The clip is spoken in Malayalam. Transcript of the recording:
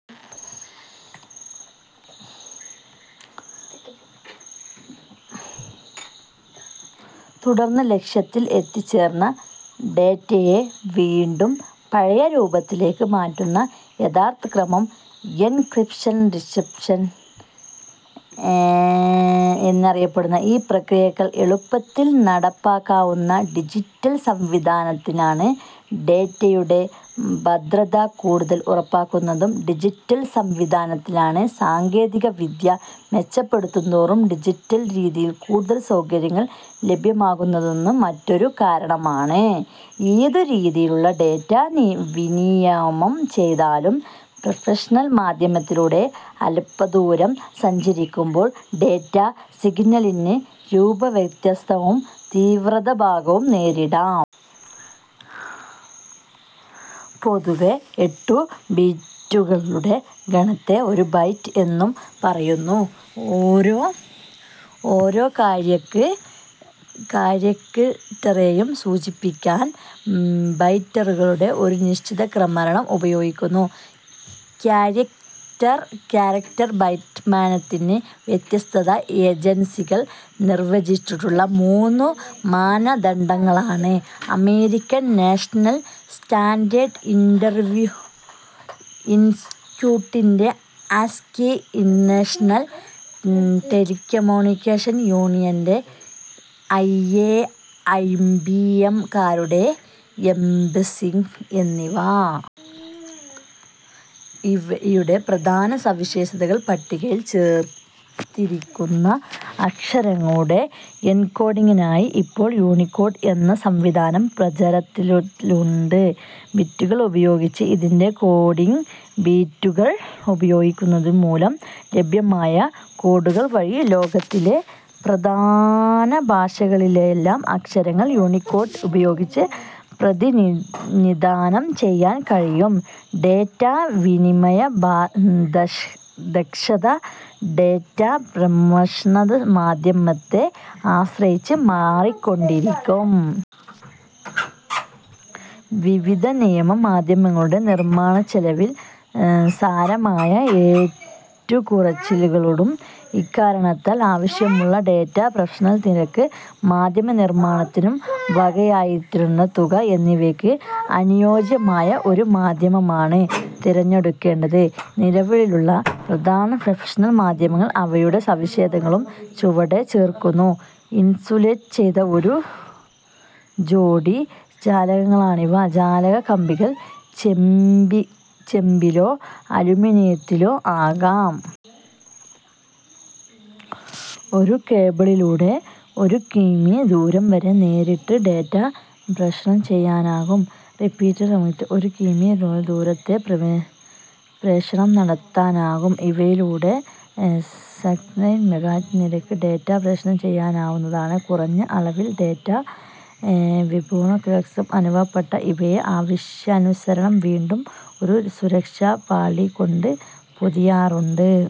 തുടർന്ന് ലക്ഷ്യത്തിൽ എത്തിച്ചേർന്ന ഡേറ്റയെ വീണ്ടും പഴയ രൂപത്തിലേക്കു മാറ്റുന്നു. യഥാക്രമം എൻക്രിപ്ഷൻ/ഡിക്രിപ്ഷൻ എന്നറിയപ്പെടുന്ന ഈ പ്രക്രിയകൾ എളുപ്പത്തിൽ നടപ്പാക്കാവുന്നത് ഡിജിറ്റൽ സംവിധാനത്തിലാണ്. ഡേറ്റയുടെ ഭദ്രത കൂടുതൽ ഉറപ്പാക്കപ്പെടുന്നതും ഡിജിറ്റൽ സംവിധാനത്തിലാണ്. സാങ്കേതികവിദ്യ മെച്ചപ്പെടുന്തോറും ഡിജിറ്റൽ രീതിയിൽ കൂടുതൽ സൌകര്യങ്ങൾ ലഭ്യമാകുന്നുവെന്നത് മറ്റൊരു കാരണമാണ്. ഏതു രീതിയിൽ ഡേറ്റ വിനിമയം ചെയ്താലും പ്രേഷണ മാധ്യമത്തിലൂടെ അല്പദൂരം സഞ്ചരിക്കുമ്പോൾ ഡേറ്റാ സിഗ്നലിന് രൂപവ്യത്യാസവും തീവ്രതാഭംഗവും നേരിടാം. പൊതുവേ എട്ടു ബിറ്റുകളുടെ ഗണത്തെ ഒരു ബൈറ്റ് എന്നു പറയുന്നു. ഓരോ ക്യാരക് റ്ററേയും സൂചിപ്പിക്കാൻ ബൈറ്റുകളുടെ ഒരു നിശ്ചിത ക്രമീകരണം ഉപയോഗിക്കുന്നു. ക്യാരക് റ്റർ ബൈറ്റ് മാനനത്തിന്, വ്യത്യസ്ത ഏജൻസികൾ നിർവചിച്ചിട്ടുള്ള മൂന്നു മാനദണ്ഡങ്ങളാണ് അമേരിക്കൻ നാഷണൽ സ്റ്റാൻഡേഡ് ഇൻസ്റ്റിറ്റ്യൂട്ടിന്റെ ആസ്കി, ഇന്റർനാഷണൽ ടെലിക്കമ്യൂണിക്കേഷൻ യൂണിയന്റെ ഐഎ, ഐബിഎം കാരുടെ എബ്സിഡിക് എന്നിവ. ഇവയുടെ പ്രധാന സവിശേഷതകൾ പട്ടികയിൽ ചേർത്തിരിക്കുന്നു. അക്ഷരങ്ങളുടെ എൻകോഡിങ്ങിനായി ഇപ്പോൾ യൂണികോഡ് എന്ന സംവിധാനം പ്രചാരത്തിലായിട്ടുണ്ട്. ബിറ്റുകൾ ഉപയോഗിച്ചാണ് ഇതിന്റെ കോഡിങ്. ബിറ്റുകൾ ഉപയോഗിക്കുന്നതുമൂലം ലഭ്യമായ കോഡുകൾ വഴി ലോകത്തിലെ പ്രധാന ഭാഷകളിലെയെല്ലാം അക്ഷരങ്ങൾ യൂണികോഡ് ഉപയോഗിച്ച് പ്രതിനിധാനം ചെയ്യാൻ കഴിയും. ഡേറ്റാ വിനിമയ ദക്ഷത, ഡേറ്റാ പ്രേഷണ മാധ്യമത്തെ ആശ്രയിച്ച് മാറിക്കൊണ്ടിരിക്കും. വിവിധയിനം മാധ്യമങ്ങളുടെ നിർമ്മാണച്ചെലവിൽ സാരമായ ഏറ്റക്കുറച്ചിലുകളുണ്ട്. ഇക്കാരണത്താൽ ആവശ്യമുള്ള ഡേറ്റാ പ്രേഷണ നിരക്ക്, മാധ്യമ നിർമ്മാണത്തിനു വകയിരുത്തിയിട്ടുള്ള തുക എന്നിവയ്ക്ക് അനുയോജ്യമായ ഒരു മാധ്യമമാണ് തിരഞ്ഞെടുക്കേണ്ടത്. നിലവിലുള്ള പ്രധാന പ്രേഷണ മാധ്യമങ്ങളും അവയുടെ സവിശേഷതകളും ചുവടെ ചേർക്കുന്നു. ഇൻസുലേറ്റ് ചെയ്ത ഒരു ജോഡി ചാലകങ്ങളാണിവ. ചാലക കമ്പികൾ ചെമ്പിലോ അലൂമിനിയത്തിലോ ആകാം. ഒരു കേബിളിലൂടെ ഒരു കി. മീ. ദൂരം വരെ നേരിട്ട് ഡേറ്റാ പ്രേഷണം ചെയ്യാനാകും. റിപ്പീറ്ററുകൾ ഘടിപ്പിച്ചാൽ ഒരു കി. മീ. -ലേറെ ദൂരത്തേക്കും പ്രേഷണം നടത്താനാകും. ഇവയിലൂടെ സെക്കൻഡിൽ മെഗാബിറ്റ് നിരക്കിൽ ഡേറ്റ പ്രേഷണം ചെയ്യാ വുന്നതാണ്. കുറഞ്ഞ അളവിൽ ഡേറ്റാ വിരൂപണവും ക്രോസ് ടാക്കും അനുഭവപ്പെടുന്ന ഇവയെ ആവശ്യാനുസരണം വീണ്ടും ഒരു സുരക്ഷാപാളികൊണ്ടു പൊതിയാറുണ്ട്.